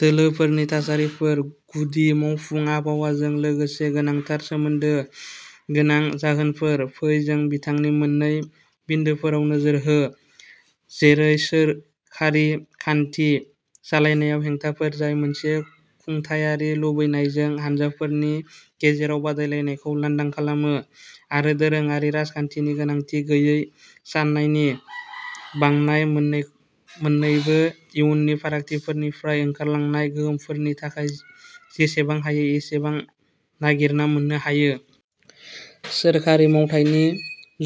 दोलोफोरनि थासारिफोर गुदि मावफुं आबहावाजों लोगोसे गोनांथार सोमोन्दो गोनां जाहोनफोर। फै जों बिथांनि मोन्नै बिन्दोफोराव नोजोर हो, जेरै सोरखारि खान्थि सालायनायआव हेंथाफोर जाय मोनसे खुंथायारि लुबैनायजों हानजाफोरनि गेजेराव बादायलायनायखौ लांदां खालामो, आरो दोरोङारि राजखान्थिनि गोनांथि गैयै साननायनि बांनाय, मोननै मोननैबो इयुनि फारिखान्थिफोरनिफ्राय ओंखारलांनाय गोहोमफोरनि थाखाय जेसेबां हायो एसेबां नागिरना मोननो हायो। सोरखारि मावथायनि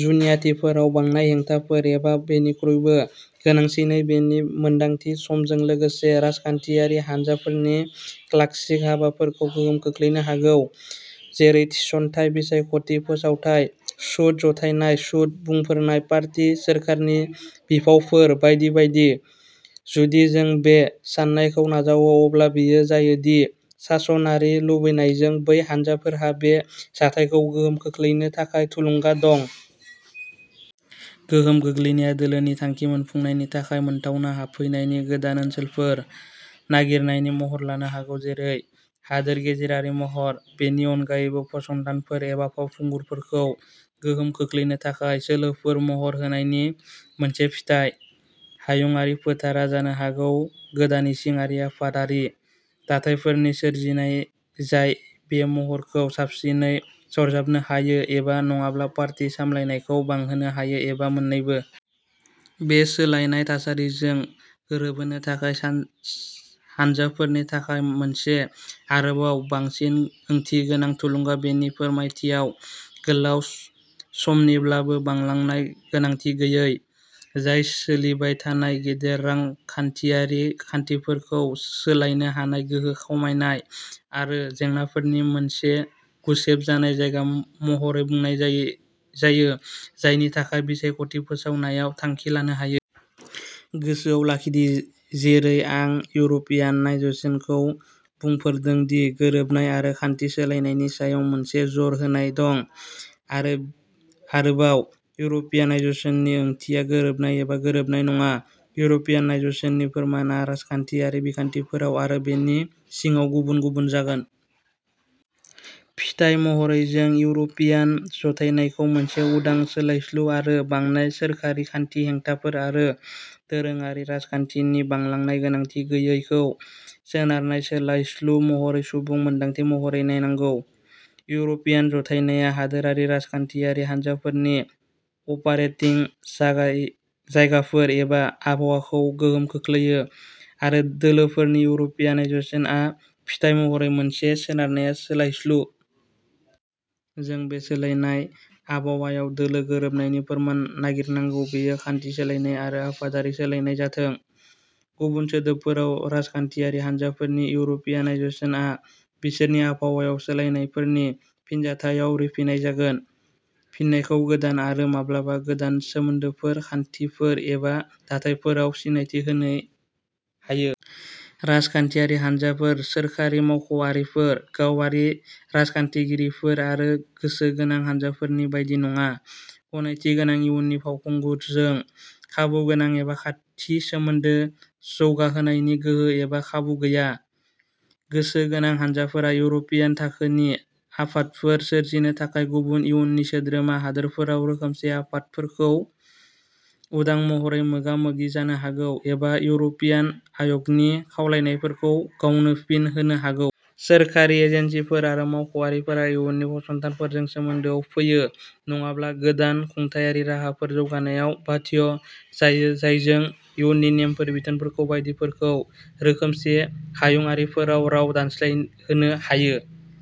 जुनियाथिफोराव बांनाय हेंथाफोर, एबा बेनिख्रुइबो गोनांसिनै, बेनि मोनदांथि, समजों लोगोसे राजखान्थियारि हानजाफोरनि क्लासिक हाबाफोरखौ गोहोम खोख्लैनो हागौ, जेरै थिसनथाय, बिसायख'थि फोसावथाय, सुद जथायनाय, सुद बुंफोरनाय, पार्टी सोरखारनि बिफावफोर, बायदि बायदि। जुदि जों बे सान्नायखौ नाजावो, अब्ला बेयो जायो दि सासनारि लुबैनायजों बै हानजाफोरहा बे जाथायखौ गोहोम खोख्लैनो थाखाय थुलुंगा दं। गोहोम गोग्लैनाया दोलोनि थांखि मोनफुंनायनि थाखाय मोनथावना हाबफैनायनि गोदान ओनसोलफोर नागिरनायनि महर लानो हागौ, जेरै, हादोर गेजेरारि महर। बेनि अनगायैबो, फसंथानफोर एबा फावखुंगुरफोरखौ गोहोम खोख्लैनो थाखाय सोलोफोर महर होनायनि मोनसे फिथाय। हायुंआरि फोथारआ जानो हागौ गोदान इसिङारि आफादारि दाथायफोरनि सोरजिनाय जाय बे महरखौ साबसिनै सरजाबनो हायो एबा नङाब्ला पार्टी सामलायनायखौ बांहोनो हायो, एबा मोन्नैबो। बे सोलायनाय थासारिफोरजों गोरोबहोनो थाखाय हानजाफोरनि थाखाय मोनसे आरोबाव बांसिन ओंथिगोनां थुलुंगा, बेनि फोरमायथियाव गोलाव समनिब्लाबो, बांलांनाय गोनांथि गैयै, जाय सोलिबाय थानाय गेदेर रांखान्थियारि खान्थिफोरखौ सोलायनो हानाय गोहो खमायनाय आरो जेंनाफोरनि मोनसे गुसेब जानाय जायगा महरै बुंनाय जायो जायो जायनि थाखाय बिसायख'थि फोसावनायाव थांखि लानो हायो। गोसोआव लाखि दि जेरै आं इउर'पियानाइजेसनखौ बुंफोरदों दि गोरोबनाय आरो खान्थि सोलायनायनि सायाव मोनसे जर होनाय दं, आरो आरोबाव, इउर'पियानाइजेसननि ओंथिया गोरोबनाय एबा गोरोबनाय नङा, इउर'पियानाइजेसननि फोरमानआ राजखान्थियारि बिखान्थिफोराव आरो बेनि सिङाव गुबुन-गुबुन जागोन। फिथाय महरै, जों इउर'पियान जथायनायखौ मोनसे उदां सोलायस्लु आरो बांनाय सोरखारि खान्थि हेंथाफोर आरो दोरोङारि राजखान्थिनि बांलांनाय गोनांथि गैयैखौ सोनारनाय सोलायस्लु महरै सुबुं मोनदांथि महरै नायनांगौ। इउर'पियान जथायनाया हादोरारि राजखान्थियारि हानजाफोरनि अपारेटिं जागाय जायगाफोर, एबा आबहावाखौ गोहोम खोख्लैयो, आरो दोलोफोरनि इउर'पियानाइजेसनआ फिथाय महरै मोनसे सोनारनाय सोलायस्लु। जों बे सोलायनाय आबहावायाव दोलो गोरोबनायनि फोरमान नागिरनांगौ, बेयो खान्थि सोलायनाय आरो आफादारि सोलायनाय जाथों। गुबुन सोदोबफोराव, राजखान्थियारि हान्जाफोरनि इउर'पियानाइजेसनआ बिसोरनि आबहावायाव सोलायनायफोरनि फिनजाथायाव रिफिनाय जागोन। फिननायखौ गोदान आरो माब्लाबा गोदान सोमोन्दोफोर, खान्थिफोर एबा दाथायफोराव सिनायथि होनो हायो। राजखान्थियारि हान्जाफोर, सोरखारि मावख'आरिफोर, गावारि राजखान्थिगिरिफोर आरो गोसो गोनां हानजाफोरनि बायदि नङा, गनायथिगोनां इयुनि फावखुंगुरफोरजों खाबुगोनां एबा खाथि सोमोन्दो जौगाहोनायनि गोहो एबा खाबु गैया। गोसो गोनां हानजाफोरा इउर'पियान थाखोनि आफादफोर सोरजिनो थाखाय गुबुन इयुनि सोद्रोमा हादोरफोराव रोखोमसे आफादफोरखौ उदां महरै मोगा मोगि जानो हागौ, एबा इउर'पियान आय'गनि खावलायनायफोरखौ गावनो फिन होनो हागौ। सोरखारि एजेन्सिफोर आरो मावख'आरिफोरा इयुनि फसंथानफोरजों सोमोन्दोआव फैयो, नङाब्ला गोदान खुंथायारि राहाफोर जौगाहोनायाव बाध्य जायो जायजों इयुनि नेमफोर, बिथोनफोर बायदिफोरखौ रोखोमसे हायुंआरिफोराव राव दानस्लायहोनो हायो।